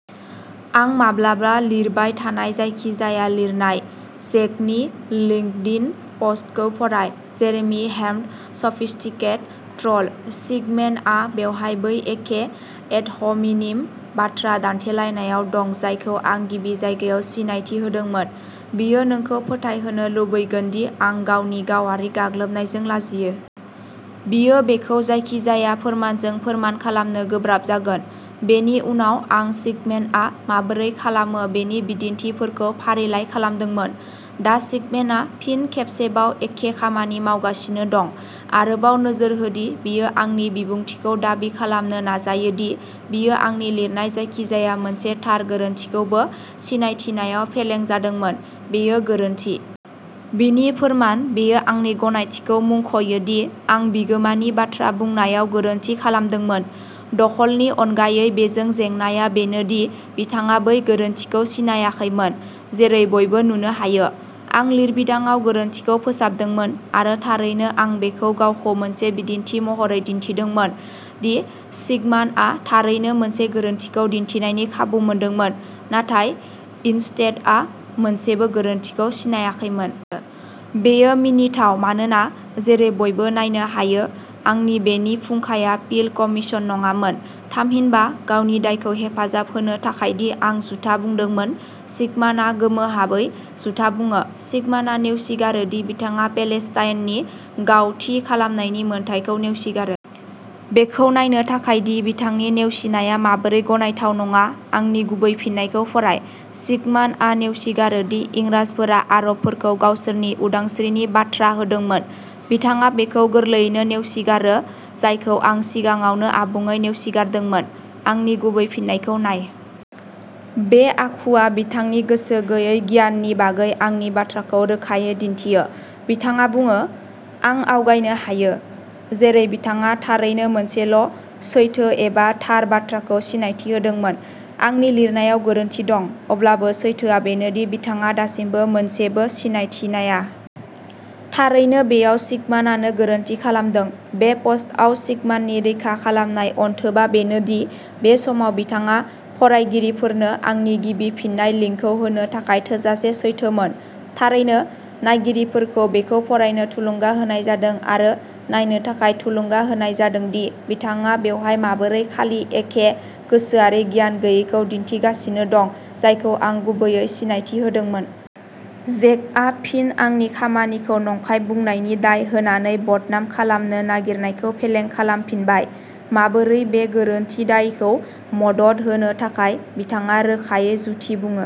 आं माब्लाबा लिरबाय थानाय जायखिजाया लिरनाय। जेकनि लिंकडिन पस्टखौ फराय जेरेमि हेमन्ड सफिस्टिकेटेड ट्रल। सिगमेनआ बेवहाय बै एखे एड ह'मिनिम बाथ्रा दान्थेलायनायाव दं जायखौ आं गिबि जायगायाव सिनायथि होदोंमोन। बियो नोंखौ फोथायहोनो लुबैगोन दि आं गावनि गावारि गाग्लोबनायजों लाजियो। बियो बेखौ जायखिजाया फोरमानजों फोरमान खालामनो गोब्राब जागोन। बेनि उनाव आं सिगमेनआ माबोरै खालामो बेनि बिदिन्थिफोरखौ फारिलाइ खालामदोंमोन। दा सिगमेनआ फिन खेबसेबाव एखे खामानि मावगासिनो दं। आरोबाव नोजोर हो दि बियो आंनि बिबुंथिखौ दाबि खालामनो नाजायो दि बियो आंनि लिरनाय जायखिजाया मोनसे थार गोरोन्थिखौबो सिनायथिनायाव फेलें जादोंमोन, बेयो गोरोन्थि। बिनि फोरमान बेयो आंनि गनायथिखौ मुंख'यो दि आं बिगोमानि बाथ्रा बुंनायाव गोरोन्थि खालामदोंमोन, दखलनि अनगायै बेजों जेंनाया बेनो दि बिथाङा बै गोरोन्थिखौ सिनायाखैमोन, जेरै बयबो नुनो हायो। आं लिरबिदांआव गोरोन्थिखौ फोसाबदोंमोन, आरो थारैनो आं बेखौ गावखौ मोनसे बिदिन्थि महरै दिन्थिदोंमोन दि सिगमानआ थारैनो मोनसे गोरोन्थिखौ दिन्थिनायनि खाबु मोनदोंमोन, नाथाय इनस्टेडआ मोनसेबो गोरोन्थिखौ सिनायाखैमोन। बेयो मिनिथाव मानोना, जेरै बयबो नायनो हायो, आंनि बेनि फुंखाया पिल कमिशन नङामोन। थामहिनबा, गावनि दायखौ हेफाजाब होनो थाखाय दि आं जुथा बुंदोंमोन, सिगमानआ गोमोहाबै जुथा बुङो। सिगमानआ नेवसिगारो दि बिथाङा पेलेस्टाइननि गाव थि खालामनायनि मोनथायखौ नेवसिगारो। बेखौ नायनो थाखाय दि बिथांनि नेवसिनाया माबोरै गनायथाव नङा, आंनि गुबै फिननायखौ फराय। सिगमानआ नेवसिगारो दि इंराजफोरा आरबफोरखौ गावसोरनि उदांस्रिनि बाथ्रा होदोंमोन। बिथाङा बेखौ गोरलैयैनो नेवसिगारो जायखौ आं सिगाङावनो आबुङै नेवसिगारदोंमोन। आंनि गुबै फिननायखौ नाय। बे आखुआ बिथांनि गोसो गैयै गियाननि बागै आंनि बाथ्राखौ रोखायै दिन्थियो। बिथाङा बुङो "आं आवगायनो हायो" जेरै बिथाङा थारैनो मोनसेल' सैथो एबा थार बाथ्राखौ सिनायथि होदोंमोन। आंनि लिरनायाव गोरोन्थि दं, अब्लाबो सैथोआ बेनो दि बिथाङा दासिमबो मोनसेबो सिनायथिनाया। थारैनो बेयाव सिगमानानो गोरोन्थि खालामदों। बे पस्टआव सिगमाननि रैखा खालामनाय अनथोबा बेनोदि बे समाव बिथाङा फरायगिरिफोरनो आंनि गिबि फिननाय लिंकखौ होनो थाखाय थोजासे सैथोमोन। थारैनो, नायगिरिफोरखौ बेखौ फरायनो थुलुंगा होनाय जादों आरो नायनो थाखाय थुलुंगा होनाय जादों दि बिथाङा बेवहाय माबोरै खालि एखे गोसोआरि गियान गैयैखौ दिन्थिगासिनो दं जायखौ आं गुबैयै सिनायथि होदोंमोन। जेकआ फिन आंनि खामानिखौ नंखाय बुंनायनि दाय होनानै बदनाम खालामनो नागिरनायखौ फेलें खालामफिनबाय। माबोरै बे गोरोन्थि दायखौ मदद होनो थाखाय, बिथाङा रोखायै जुथि बुङो।